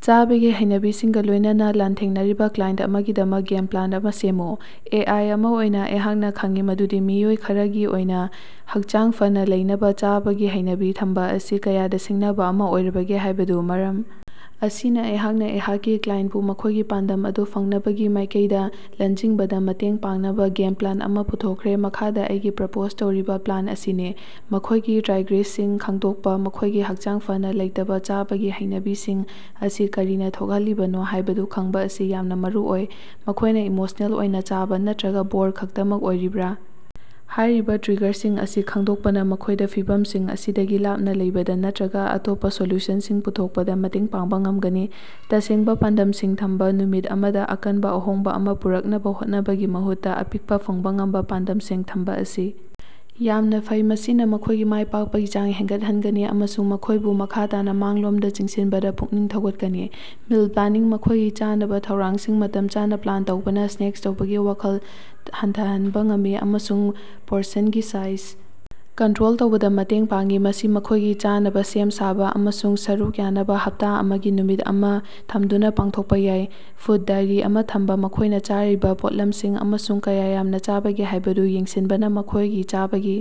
ꯆꯥꯕꯒꯤ ꯍꯩꯅꯕꯤꯁꯤꯡꯒ ꯂꯣꯏꯅꯅ ꯂꯥꯟꯊꯦꯡꯅꯔꯤꯕ ꯀ꯭ꯂꯥꯏꯑꯦꯟꯇ ꯑꯃꯒꯤꯗꯃꯛ ꯒꯦꯝ ꯄ꯭ꯂꯥꯟ ꯑꯃ ꯁꯦꯝꯃꯨ꯫ ꯑꯦ. ꯑꯥꯏ. ꯑꯃ ꯑꯣꯏꯅ ꯑꯩꯍꯥꯛꯅ ꯈꯪꯏ ꯃꯗꯨꯗꯤ ꯃꯤꯑꯣꯏ ꯈꯔꯒꯤ ꯑꯣꯏꯅ ꯍꯛꯆꯥꯡ ꯐꯅ ꯂꯩꯅꯕ ꯆꯥꯕꯒꯤ ꯍꯩꯅꯕꯤ ꯊꯝꯕ ꯑꯁꯤ ꯀꯌꯥꯗ ꯁꯤꯡꯅꯕ ꯑꯃ ꯑꯣꯏꯕꯒꯦ ꯍꯥꯏꯕꯗꯨ꯫ ꯃꯔꯝ ꯑꯁꯤꯅ ꯑꯩꯍꯥꯛꯅ ꯑꯩꯍꯥꯛꯀꯤ ꯀ꯭ꯂꯥꯏꯟꯇꯄꯨ ꯃꯈꯣꯏꯒꯤ ꯄꯥꯟꯗꯝ ꯑꯗꯨ ꯐꯪꯅꯕꯒꯤ ꯃꯥꯏꯀꯩꯗ ꯂꯜꯖꯤꯡꯕꯗ ꯃꯇꯦꯡ ꯄꯥꯡꯅꯕ ꯒꯦꯝ ꯄ꯭ꯂꯥꯟ ꯑꯃ ꯄꯨꯊꯣꯛꯈ꯭ꯔꯦ꯫ ꯃꯈꯥꯗ ꯑꯩꯒꯤ ꯄ꯭ꯔꯄꯣꯖ ꯇꯧꯔꯤꯕ ꯄ꯭ꯂꯥꯟ ꯑꯁꯤꯅꯤ: ꯃꯈꯣꯏꯒꯤ ꯇ꯭ꯔꯥꯏꯒ꯭ꯔꯤꯁꯤꯡ ꯈꯪꯗꯣꯛꯄ: ꯃꯈꯣꯏꯒꯤ ꯍꯛꯆꯥꯡ ꯐꯅ ꯂꯩꯇꯕ ꯆꯥꯕꯒꯤ ꯍꯩꯅꯕꯤꯁꯤꯡ ꯑꯁꯤ ꯀꯔꯤꯅ ꯊꯣꯛꯍꯜꯂꯤꯕꯅꯣ ꯍꯥꯏꯕꯗꯨ ꯈꯪꯕ ꯑꯁꯤ ꯌꯥꯝꯅ ꯃꯔꯨꯑꯣꯏ꯫ ꯃꯈꯣꯏꯅ ꯏꯃꯣꯁꯅꯦꯜ ꯑꯣꯏꯅ ꯆꯥꯕ ꯅꯠꯇꯔꯒ ꯕꯣꯔ ꯈꯛꯇꯃꯛ ꯑꯣꯏꯔꯤꯕꯔ? ꯍꯥꯏꯔꯤꯕ ꯇ꯭ꯔꯤꯒꯔꯁꯤꯡ ꯑꯁꯤ ꯈꯪꯗꯣꯛꯄꯅ ꯃꯈꯣꯏꯗ ꯐꯤꯚꯝꯁꯤꯡ ꯑꯁꯤꯗꯒꯤ ꯂꯥꯞꯅ ꯂꯩꯕꯗ ꯅꯠꯇꯔꯒ ꯑꯇꯣꯞꯄ ꯁꯣꯂꯨꯁꯟꯁꯤꯡ ꯄꯨꯊꯣꯛꯄꯗ ꯃꯇꯦꯡ ꯄꯥꯡꯕ ꯉꯝꯒꯅꯤ꯫ ꯇꯁꯦꯡꯕ ꯄꯥꯟꯗꯝꯁꯤꯡ ꯊꯝꯕ ꯅꯨꯃꯤꯠ ꯑꯃꯗ ꯑꯀꯟꯕ ꯑꯍꯣꯡꯕ ꯑꯃ ꯄꯨꯔꯛꯅꯕ ꯍꯣꯠꯅꯕꯒꯤ ꯃꯍꯨꯠꯇ, ꯑꯄꯤꯛꯄ, ꯐꯪꯕ ꯉꯝꯕ ꯄꯥꯟꯗꯃꯁꯤꯡ ꯊꯝꯕ ꯑꯁꯤ ꯌꯥꯝꯅ ꯐꯩ꯫ ꯃꯁꯤꯅ ꯃꯈꯣꯏꯒꯤ ꯃꯥꯏ ꯄꯥꯛꯄꯒꯤ ꯆꯥꯡ ꯍꯦꯟꯒꯠꯍꯟꯒꯅꯤ ꯑꯃꯁꯨꯡ ꯃꯈꯣꯏꯕꯨ ꯃꯈ ꯇꯥꯅ ꯃꯥꯡꯂꯣꯝꯗ ꯆꯪꯁꯤꯟꯕꯗ ꯄꯨꯛꯅꯤꯡ ꯊꯧꯒꯠꯀꯅꯤ꯫ ꯃꯤꯜ ꯄ꯭ꯂꯥꯅꯤꯡ: ꯃꯈꯣꯏꯒꯤ ꯆꯥꯅꯕ ꯊꯧꯔꯥꯡꯁꯤꯡ ꯃꯇꯝ ꯆꯥꯅ ꯄ꯭ꯂꯥꯟ ꯇꯧꯕꯅ ꯁ꯭ꯅꯦꯛ ꯇꯧꯕꯒꯤ ꯋꯥꯈꯜ ꯍꯟꯊꯍꯟꯕ ꯉꯝꯃꯤ ꯑꯃꯁꯨꯡ ꯄꯣꯔꯁꯟꯒꯤ ꯁꯥꯏꯖ ꯀꯟꯠꯔꯣꯜ ꯇꯧꯕꯗ ꯃꯇꯦꯡ ꯄꯥꯡꯏ꯫ ꯃꯁꯤ ꯃꯈꯣꯏꯒꯤ ꯆꯥꯅꯕ ꯁꯦꯝ-ꯁꯥꯕ ꯑꯃꯁꯨꯡ ꯁꯔꯨꯛ ꯌꯥꯅꯕ ꯍꯞꯇ ꯑꯃꯒꯤ ꯅꯨꯃꯤꯠ ꯑꯃ ꯊꯝꯗꯨꯅ ꯄꯥꯡꯊꯣꯛꯄ ꯌꯥꯏ꯫ ꯐꯨꯗ ꯗꯥꯏꯔꯤ ꯑꯃ ꯊꯝꯕ: ꯃꯈꯣꯏꯅ ꯆꯥꯔꯤꯕ ꯄꯣꯠꯂꯝꯁꯤꯡ ꯑꯃꯁꯨꯡ ꯀꯌ ꯌꯥꯝꯅ ꯆꯥꯕꯒꯦ ꯍꯥꯏꯕꯗꯨ ꯌꯦꯡꯁꯤꯟꯕꯅ ꯃꯈꯣꯏꯒꯤ ꯆꯥꯕꯒꯤ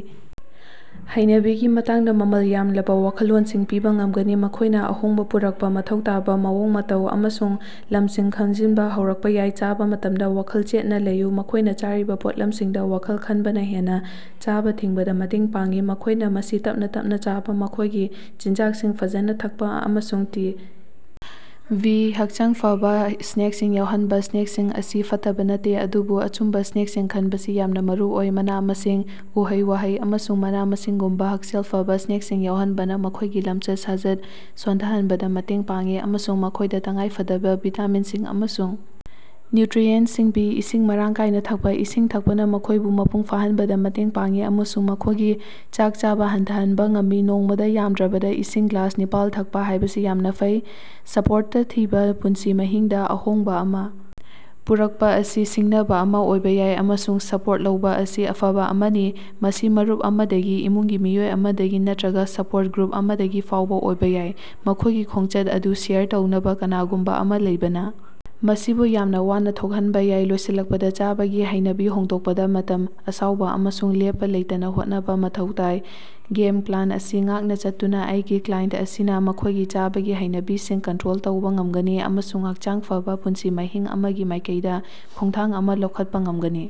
ꯍꯩꯅꯕꯤꯒꯤ ꯃꯇꯥꯡꯗ ꯃꯃꯜ ꯌꯥꯝꯂꯕ ꯋꯥꯈꯜꯂꯣꯟꯁꯤꯡ ꯄꯤꯕ ꯉꯝꯒꯅꯤ꯫ ꯃꯈꯣꯏꯅ ꯑꯍꯣꯡꯕ ꯄꯨꯔꯛꯄ ꯃꯊꯧ ꯇꯥꯕ ꯃꯑꯣꯡ-ꯃꯇꯧ ꯑꯃꯁꯨꯡ ꯂꯝꯁꯤꯡ ꯈꯪꯖꯤꯟꯕ ꯍꯧꯔꯛꯄ ꯌꯥꯏ꯫ ꯆꯥꯕ ꯃꯇꯝꯗ ꯋꯥꯈꯜ ꯆꯦꯠꯅ ꯂꯩꯌꯨ ꯃꯈꯣꯏꯅ ꯆꯥꯔꯤꯕ ꯄꯣꯠꯂꯝꯁꯤꯡꯗ ꯋꯥꯈꯜ ꯈꯟꯕꯅ ꯍꯦꯟꯅ ꯆꯥꯕ ꯊꯤꯡꯕꯗ ꯃꯇꯦꯡ ꯄꯥꯡꯏ꯫ ꯃꯈꯣꯏꯅ ꯃꯁꯤ ꯇꯞꯅ ꯇꯞꯅ ꯆꯥꯕ, ꯃꯈꯣꯏꯒꯤ ꯆꯤꯟꯖꯥꯛꯁꯤꯡ ꯐꯖꯅ ꯊꯛꯄ ꯑꯃꯁꯨꯡ ꯇꯤ. ꯚꯤ. ꯍꯛꯆꯥꯡ ꯐꯕꯥ ꯁ꯭ꯅꯦꯛꯁꯤꯡ ꯌꯥꯎꯍꯟꯕ: ꯁ꯭ꯅꯦꯛꯁꯤꯡ ꯑꯁꯤ ꯐꯠꯇꯕ ꯅꯠꯇꯦ, ꯑꯗꯨꯕꯨ ꯑꯆꯨꯝꯕ ꯁ꯭ꯅꯦꯛꯁꯤꯡ ꯈꯟꯕꯁꯤ ꯌꯥꯝꯅ ꯃꯔꯨꯑꯣꯏ꯫ ꯃꯅꯥ-ꯃꯁꯤꯡ, ꯎꯍꯩ-ꯋꯥꯍꯩ ꯑꯃꯁꯨꯡ ꯃꯅꯥ-ꯃꯁꯤꯡꯒꯨꯝꯕ ꯍꯛꯁꯦꯜ ꯐꯕꯥ ꯁ꯭ꯅꯦꯛꯁꯤꯡ ꯌꯥꯎꯍꯟꯕꯅ ꯃꯈꯣꯏꯒꯤ ꯂꯝꯆꯠ-ꯁꯥꯖꯠ ꯁꯣꯟꯊꯍꯟꯕꯗ ꯃꯇꯦꯡ ꯄꯥꯡꯏ ꯑꯃꯁꯨꯡ ꯃꯈꯣꯏꯗ ꯇꯉꯥꯏꯐꯗꯕ ꯚꯤꯇꯥꯃꯤꯟꯁꯤꯡ ꯑꯃꯁꯨꯡ ꯅ꯭ꯌꯨꯇꯔꯤꯌꯦꯟꯇꯁꯤꯡ ꯄꯤ꯫ ꯏꯁꯤꯡ ꯃꯔꯥꯡ ꯀꯥꯏꯅ ꯊꯛꯄ: ꯏꯁꯤꯡ ꯊꯛꯄꯅ ꯃꯈꯣꯏꯕꯨ ꯃꯄꯨꯡ ꯐꯥꯍꯟꯕꯗ ꯃꯇꯦꯡ ꯄꯥꯡꯏ ꯑꯃꯁꯨꯡ ꯃꯈꯣꯏꯒꯤ ꯆꯥꯛ ꯆꯥꯕ ꯍꯟꯊꯍꯟꯕ ꯉꯝꯃꯤ꯫ ꯅꯣꯡꯃꯗꯥ ꯌꯥꯝꯗ꯭ꯔꯕꯗ ꯏꯁꯤꯡ ꯒ꯭ꯂꯥꯁꯅꯤꯄꯥꯜ ꯊꯛꯄ ꯍꯥꯏꯕꯁꯤ ꯌꯥꯝꯅ ꯐꯩ꯫ ꯁꯄꯣꯔꯇ ꯊꯤꯕ ꯄꯨꯟꯁꯤ ꯃꯍꯤꯡꯗ ꯑꯍꯣꯡꯕ ꯑꯃ ꯄꯨꯔꯛꯄ ꯑꯁꯤ ꯁꯤꯡꯅꯕ ꯑꯃ ꯑꯣꯏꯕ ꯌꯥꯏ, ꯑꯃꯁꯨꯡ ꯁꯄꯣꯔꯠ ꯂꯧꯕ ꯑꯁꯤ ꯑꯐꯕ ꯑꯃꯅꯤ꯫ ꯃꯁꯤ ꯃꯔꯨꯞ ꯑꯃꯗꯒꯤ, ꯏꯃꯨꯡꯒꯤ ꯃꯤꯑꯣꯏ ꯑꯃꯗꯒꯤ ꯅꯠꯇꯔꯒ ꯁꯄꯣꯔꯠ ꯒ꯭ꯔꯨꯞ ꯑꯃꯗꯒꯤ ꯐꯥꯎꯕ ꯑꯣꯏꯕ ꯌꯥꯏ꯫ ꯃꯈꯣꯏꯒꯤ ꯈꯣꯡꯆꯠ ꯑꯗꯨ ꯁꯦꯌꯔ ꯇꯧꯅꯕ ꯀꯅꯥꯒꯨꯝꯕ ꯑꯃ ꯂꯩꯕꯅ ꯃꯁꯤꯕꯨ ꯌꯥꯝꯅ ꯋꯥꯅ ꯊꯣꯛꯍꯟꯕ ꯌꯥꯏ꯫ ꯂꯣꯏꯁꯤꯜꯂꯛꯄꯗ, ꯆꯥꯕꯒꯤ ꯍꯩꯅꯕꯤ ꯍꯣꯡꯗꯣꯛꯄꯗ ꯃꯇꯝ, ꯑꯁꯥꯎꯕ ꯑꯃꯁꯨꯡ ꯂꯦꯞꯄ ꯂꯩꯇꯅ ꯍꯣꯠꯅꯕ ꯃꯊꯧ ꯇꯥꯏ꯫ ꯒꯦꯝ ꯄ꯭ꯂꯥꯟ ꯑꯁꯤ ꯉꯥꯛꯅ ꯆꯠꯇꯨꯅ ꯑꯩꯒꯤ ꯀ꯭ꯂꯥꯏꯑꯦꯟꯇ ꯑꯁꯤꯅ ꯃꯈꯣꯏꯒꯤ ꯆꯥꯕꯒꯤ ꯍꯩꯅꯕꯤꯁꯤꯡ ꯀꯟꯇꯔꯣꯜ ꯇꯧꯕꯥ ꯉꯝꯒꯅꯤ ꯑꯃꯁꯨꯡ ꯍꯛꯆꯥꯡ ꯐꯕꯥ ꯄꯨꯟꯁꯤ ꯃꯍꯤꯡ ꯑꯃꯒꯤ ꯃꯥꯏꯀꯩꯗꯥ ꯈꯣꯉꯊꯥꯡ ꯑꯃ ꯂꯧꯈꯠꯄꯥ ꯉꯝꯒꯅꯤ꯫